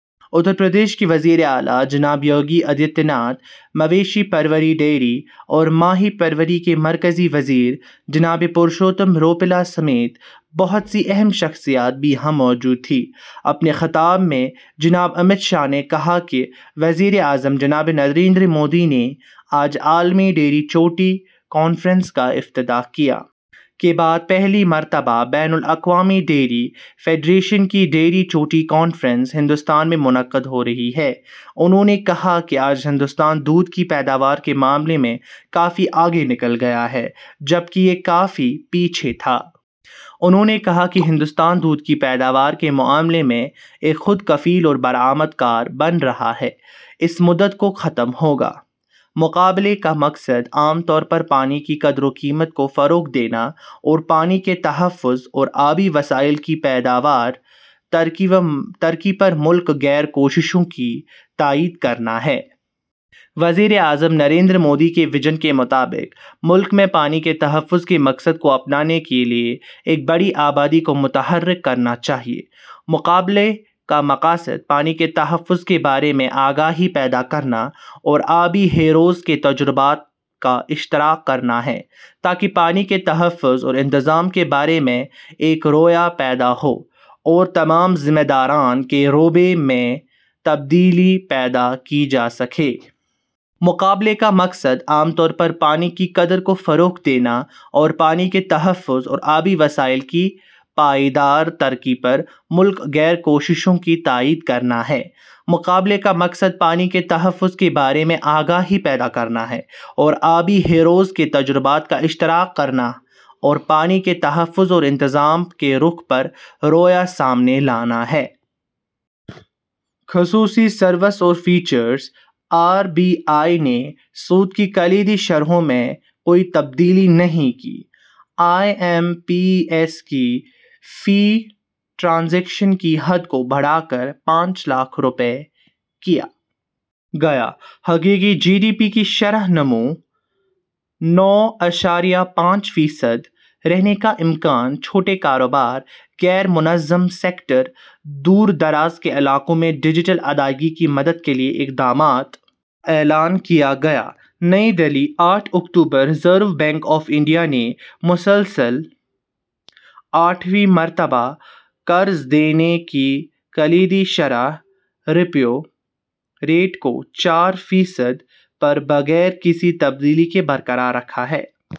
اترپردیش کے وزیراعلی جناب یوگی آدتیہ ناتھ مویشی پروری ڈیری اور ماہی پروری کے مرکزی وزیر جناب پرشوتم روپالا سمیت بہت سی اہم شخصیتیں بھی یہاں موجود تھیں۔ اپنے خطاب میں جناب امت شاہ نے کہا کہ وزیراعظم جناب نریندر مودی نے آج عالمی ڈیری چوٹی کانفرنس کا افتتاح کیا۔ کے بعد پہلی مرتبہ بین الاقوامی ڈیری فیڈریشن کی ڈیری چوٹی کانفرنس ہندوستان میں منعقد ہورہی ہے۔ انہوں نے کہا کہ آج ہندوستان دودھ کی پیداوار کے معاملے میں کافی آگے نکل گیا ہے جبکہ میں یہ کافی پیچھے تھا۔ انہوں نے کہا کہ ہندوستان دودھ کی پیداوار کے معاملے میں ایک خود کفیل اور برآمد کار بن رہا ہے۔ اس مدت کو ختم ہوگا۔ مقابلے کا مقصد عام طور پر پانی کی قدر و قیمت کو فروغ دینا اور پانی کے تحفظ اور آبی وسائل کی پائیدار ترقی پر ملک گیر کوششوں کی تائید کرنا ہے۔ وزیر اعظم نریندر مودی کے ویژن کے مطابق ملک میں پانی کے تحفظ کے مقصد کو اپنانے کے لئے ایک بڑی آبادی کو متحرک کرنا چاہیے۔ مقابلے کا مقصد پانی کے تحفظ کے بارے میں آگاہی پیدا کرنا اور آبی ہیروز کے تجربات کا اشتراک کرنا ہے تاکہ پانی کے تحفظ اور انتظام کے بارے میں ایک رویہ پیدا ہو اور تمام ذمہ داران کے رویے میں تبدیلی پیدا کی جا سکے۔ مقابلے کا مقصد عام طور پر پانی کی قدر کو فروغ دینا اور پانی کے تحفظ اور آبی وسائل کی پائیدار ترقی پر ملک گیر کوششوں کی تائید کرنا ہے۔ مقابلے کا مقصد پانی کے تحفظ کے بارے میں آگاہی پیدا کرنا اور آبی ہیروز کے تجربات کا اشتراک کرنا اور پانی کے تحفظ اور انتظام کے رُخ پر رویہ سامنے لانا ہے۔ خصوصی سروس اور فیچرس آر بی آئی نے سود کی کلیدی شرحوں میں کوئی تبدیلی نہیں کی آئی ایم پی ایس کی فی ٹرانزیکشن کی حد کو بڑھا کر پانچ لاکھ روپئے کیا گیا حقیقی جی ڈی پی کی شرح نمو نو اعشاریہ پانچ فی صد رہنے کا امکان چھوٹے کاروبار غیر منظم سیکٹر دور دراز کے علاقوں میں ڈجیٹل ادائیگی کی مدد کے لئے اقدامات کا اعلان کیا گیا نئی دلّی آٹھ اکتوبر ریزرو بینک آف انڈیا نے مسلسل آٹھویں مرتبہ قرض دینے کی کلیدی شرح ریپو ریٹ کو چار فی صد پر بغیر کسی تبدیلی کے برقرار رکھا ہے